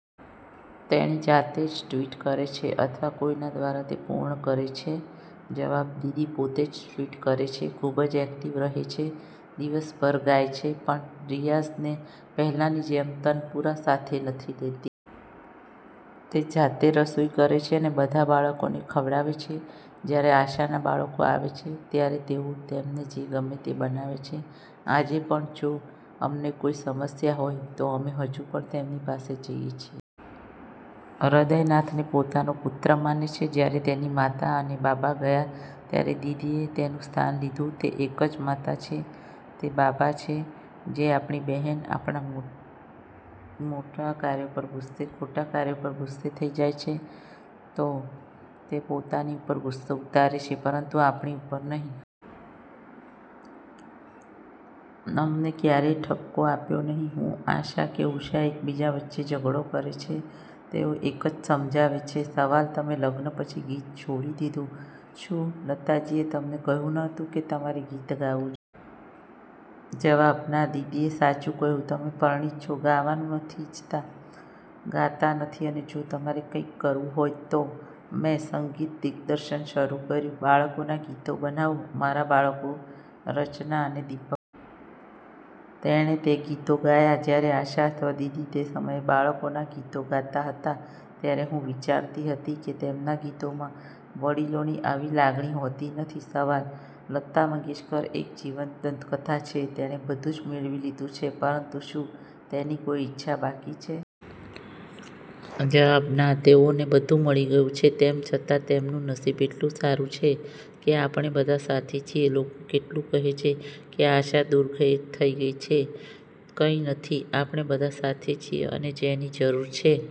તેણી જાતે જ ટ્વિટ કરે છે અથવા કોઈના દ્વારા તે પૂર્ણ કરે છે? જવાબ: દીદી પોતે જ ટ્વીટ્સ કરે છે, ખૂબ જ એક્ટિવ રહે છે, દિવસભર ગાય છે પણ રિયાઝને પહેલાંની જેમ તનપુરા સાથે નથી લેતી. તે જાતે રસોઇ કરે છે અને બધા બાળકોને ખવડાવે છે. જ્યારે આશાના બાળકો આવે છે, ત્યારે તેઓ તેમને જે ગમે છે તે બનાવે છે. આજે પણ, જો અમને કોઈ સમસ્યા હોય, તો અમે હજી પણ તેમની પાસે જઇએ છીએ. હદયનાથને પોતાનો પુત્ર માને છે, જ્યારે તેની માતા અને બાબા ગયા, ત્યારે દીદીએ તેનું સ્થાન લીધું. તે એક જ માતા છે, તે બાબા છે. જો આપણી બહેન આપણા ખોટા કાર્યો પર ગુસ્સે થઈ જાય છે, તો તે પોતાની ઉપર ગુસ્સો ઉતારે છે પરંતુ આપણી ઉપર નહીં. અમને ક્યારેય ઠપકો આપ્યો નહીં. હું, આશા કે ઉષા એક બીજા વચ્ચે ઝઘડો કરે છે, તેઓ એક જ સમજાવે છે.. સવાલ: તમે લગ્ન પછી ગીત છોડી દીધું, શું લતાજીએ તમને કહ્યું ન હતું કે તમારે ગીત ગાવું જોઈએ? જવાબ: ના, દીદીએ સાચું કહ્યું, તમે પરિણીત છો, ગાવાનું નથી ઇચ્છતા, ગાતા નથી અને જો તમારે કંઇક કરવું હોય તો. મેં સંગીત દિગ્દર્શન શરૂ કર્યું. બાળકોનાં ગીતો બનાવો. મારા બાળકો રચના અને દિપક હતા. તેણે તે ગીતો ગાયાં. જ્યારે આશા અથવા દીદી તે સમયે બાળકોના ગીતો ગાતા હતા, ત્યારે હું વિચારતી હતી કે, તેમના ગીતોમાં વડીલોની આવી લાગણી હોતી નથી.. સવાલ: લતા મંગેશકર એક જીવંત દંતકથા છે, તેણે બધું જ મેળવી લીધું છે, પરંતુ શું તેની કોઈ ઇચ્છા બાકી છે? જવાબ: ના, તેઓને બધું મળી ગયું છે, તેમ છતાં તેમનું નસીબ એટલું સારું છે કે આપણે બધા સાથે છીએ. લોકો કેટલું કહે છે કે આશા દૂર થઈ ગઈ છે કંઈ નથી આપણે બધા સાથે છીએ અને જેની જરૂર છે.